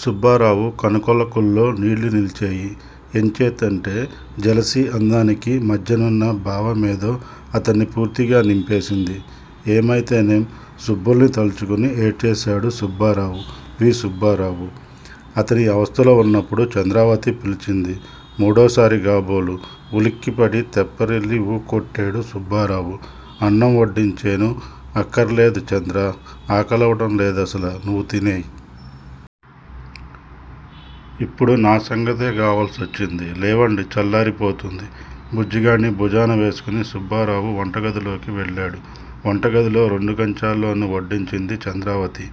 సుబ్బారావు కనుకొలకుల్లో నీళ్ళునిలిచేయి! ఎంచేతంటే జెలసీ, అందానికి మధ్యనున్న భా వేమేదో అతన్ని పూర్తిగా నింపేసింది. ఏమైతేనేం సుబ్బుల్ని తలుచుకుని ఏడ్చేసేడు సుబ్బారావు, వి. సుబ్బారావు. అతనీ అవస్థలో ఉన్నప్పుడు చంద్రావతి పిలిచింది. మూడోసారిగాబోలు ఉలిక్కిపడి, తెప్పరిల్లి వూకొట్టేడు సుబ్బారావు. అన్నం వొడ్డించేను. అఖ్ఖర్లేదు, చంద్రా! ఆకలవడంలేదసల నువ్వు తినేయ్. ఇప్పుడు నా సంగతేగావలసివచ్చింది. లేవండి చల్లారి పోతుంది. బుజ్జిగాడ్ని భూజానవేసుకుని సుబ్బారావు వంటగదిలోకి వెళ్ళేడు. వంటగదిలో రెండు కంచాల్లోనూ వొడ్డించింది చంద్రావతి.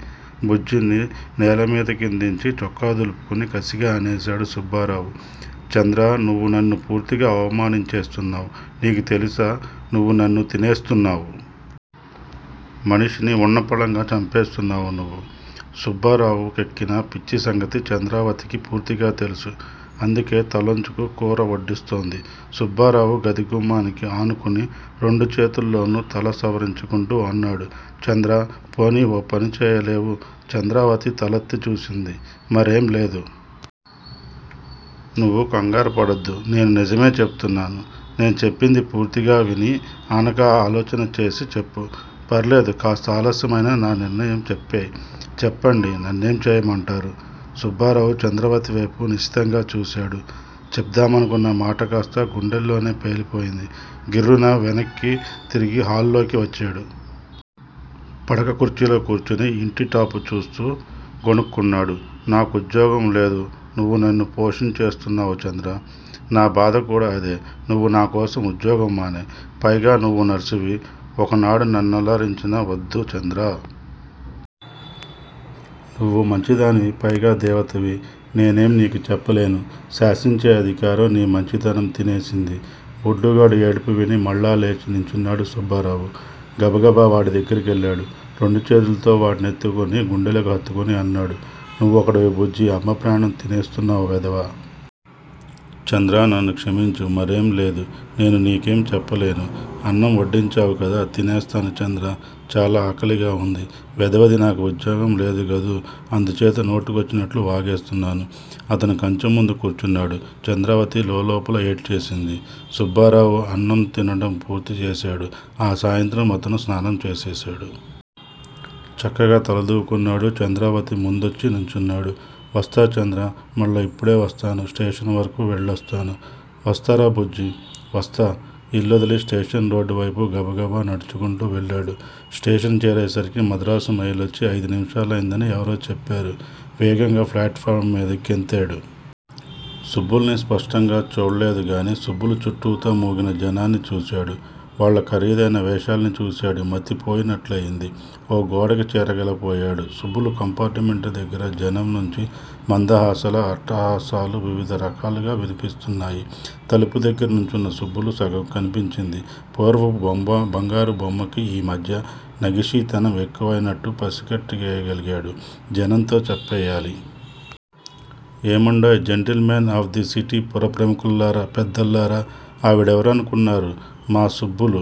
బుజ్జిని నేలమిదికిందించి, చొక్కా దులుపుకుని కసిగా అనేశాడు సుబ్బారావు. చంద్రా నువ్వు నన్ను పూర్తిగా అవమానించేస్తున్నావ్. నీకు తెలుసా నువ్వు నన్ను తినేస్తున్నావు. మనిషి ని వున్నపళంగా చంపేస్తున్నావ్ నువ్వు. సుబ్బారావు కెక్కిన పిచ్చిసంగతి చంద్రావతికి పూర్తిగా తెలుసు. అందుకే తలొంచుకు కూర వొడ్డిస్తోంది. సుబ్బారావు గది గుమ్మానికి ఆనుకుని రెండు చేతులోనూ తల సవరించుకుంటూ అన్నాడు! చంద్రా! పోనీ ఓపని చేయలేవూ? చంద్రావతి తలెత్తి చూసింది. మరేం లేదు. నువ్వు ఖంగారు పడొద్దు. నేను నిజమే చెప్తున్నాను. నే చెప్పింది పూర్తిగా విని ఆనక ఆలోచన చేసి చెప్పు. ఫర్సేదు కాస్తాలస్యమైనా నా నిర్ణయం చెప్పేయ్. చెప్పండి నన్నేం చేయమంటారు? సుబ్బారావు చంద్రావతి వేపు నిశితంగా చూసేడు. చెప్దామనుకున్న మాటకాస్తా గుండెల్లోనే పేలిపోయింది. గిర్రున వెనక్కి తిరిగి హాల్లోచి వచ్చేడు. పడక కుర్చీలో కూర్చుని యింటి టాపు చూస్తూ గొణుక్కున్నాడు. నా కుద్యోగం లేదు. నువ్వు నన్ను పోషించేస్తు న్నావు చంద్రా! నా బాధ గూడా అదే. నువ్వు నాకోసం ఉద్యోగం మానేయ్. పైగా నువ్వు నర్సువి. ఒక నాడు నన్నల రించిన వొద్దు చంద్రా! నువ్వు మంచి దానివి పైగా దేవతవి. నేనేం నీకు చెప్పలేను. శాసించే అధికారం నీ మంచి తనం తినేసింది.! బుడ్డుగాడి యేడుపు విని మళ్ళా లేచి నించున్నాడు సుబ్బారావు. గబగబా వాడిదగ్గరికెళ్ళాడు. రెండు చేతులతో వాడి నెత్తుకుని గుండెలకు హత్తుకుని అన్నాడు. నువ్వొకడివి బుజ్జీ! అమ్మప్రాణం తినేస్తున్నావ్ వెధవ! చంద్రా నన్ను క్షమించు. మరేంలేదు నేను నీకేం చెప్పలేను. అన్నం వడ్డించావుకదా, తినేస్తాను చంద్రా. చాలా ఆకలిగావుంది. వెధవది నాకుఉద్యోగ లేదుగదూ అందుచేత నోటికొచ్చినట్లు వాగేస్తున్నాను. అతను కంచంముందు కూర్చున్నాడు, చంద్రావతి లోలోపల ఏడ్చేసింది. సుబ్బారావు అన్నంతినడం పూర్తి చేసేడు. ఆ సాయంత్రం అతను స్నానంచేసేశాడు. చక్కగా తల దువ్వుకున్నాడు చంద్రావతిముందొచ్చి నించున్నాడు. వొస్తా చంద్రా! మళ్ళా యిప్పుడే వొస్తాను. స్టేషన్ వరకూ వెళ్ళొస్తాను. వొస్తారా బుజ్జీ! వొస్తా. ఇల్లొదిలి స్టేషనురోడ్డువైపు గబగబా నడుచుకుంటూ వెళ్ళేడు. స్టేషను చేరేసరికి మదరాసు మెయిలొచ్చి ఆయిదు నిమిషాలయిందని ఎవరో చెప్పేరు. వేగంగా ప్లాటుఫారం మిదికి గెంతేడు. సుబ్బుల్ని స్పష్టంగా చూళ్ళేదుగాని సుబ్బులు చుట్టూతా మూగిన జనాన్ని చూసాడు. వాళ్ళ ఖరిదైన వేషాల్ని చూసాడు. మతిపోయినట్లయింది. ఓగోడకి చేరగలపోయేడు. సుబ్బులు కంపార్టుమెంటుదగ్గిర జనంనుంచి మందహాసాలూ, అట్టహాసాలూ వివిథరకాలుగా వినిపిస్తున్నాయి. తలుపుదగ్గిర నుంచున్న సుబ్బులు సగం కనిపించింది. పూర్వపు బొంబ బంగారుబొమ్మకి యి మధ్య నగిషీతనం ఎక్కువైనట్టు పసిగట్టేయగలిగాడు, జనంతో చప్పేయాలి. ఏమండోయే! జెంటిల్మెన్ ఆఫ్ ది సిటీ పురప్రుముఖుల్లరా! పెద్దలారా! ఆవిడెవరనుకున్నరు? మాసుబ్బులు.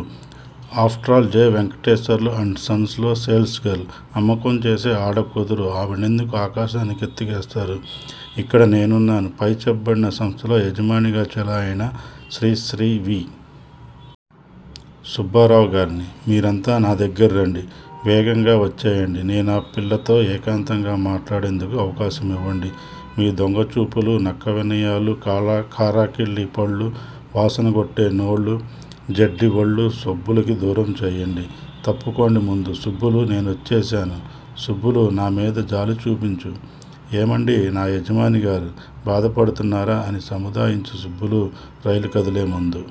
After all J. Venkateswarlu and sons లో సేల్స్ గర్ల్. అమ్మకం చేసే ఆడకూతురు ఆవిడ్నెందుకు ఆకాశానికెత్తేస్తారు? ఇక్కడ నేనున్నాను. పై చెప్పబడిన సంస్థలో యజమానిగా చెలామణి అయిన శ్రీ శ్రీ వి. సుబ్బారావుగార్ని. మిరంతా నాదగ్గర రండి. వేగంగా వొచ్చేయండి! నేనా. ఆ పిల్లతో ఏకాంతంగా మాటాడేందుకు అవకాశమివ్వండి:మి దొంగచూపులూ, నక్కవినయాలూ, కారాకిళ్ళీపళ్ళూ, వాసనగొట్టే నోళ్ళు, జడ్డి వొళ్ళూ సుబ్బులుకి దూరంచేయండి తప్పుకోండిముందు సుబ్బులూ నేనొచ్చేశాను. సుబ్బులూ, నామిద జాలిచూపించు. ఏమండీ! నా యజమానిగారూ! బాధపడుతున్నారా అని సముదాయించు సుబ్బూలూ. రైలు కదిలేముందు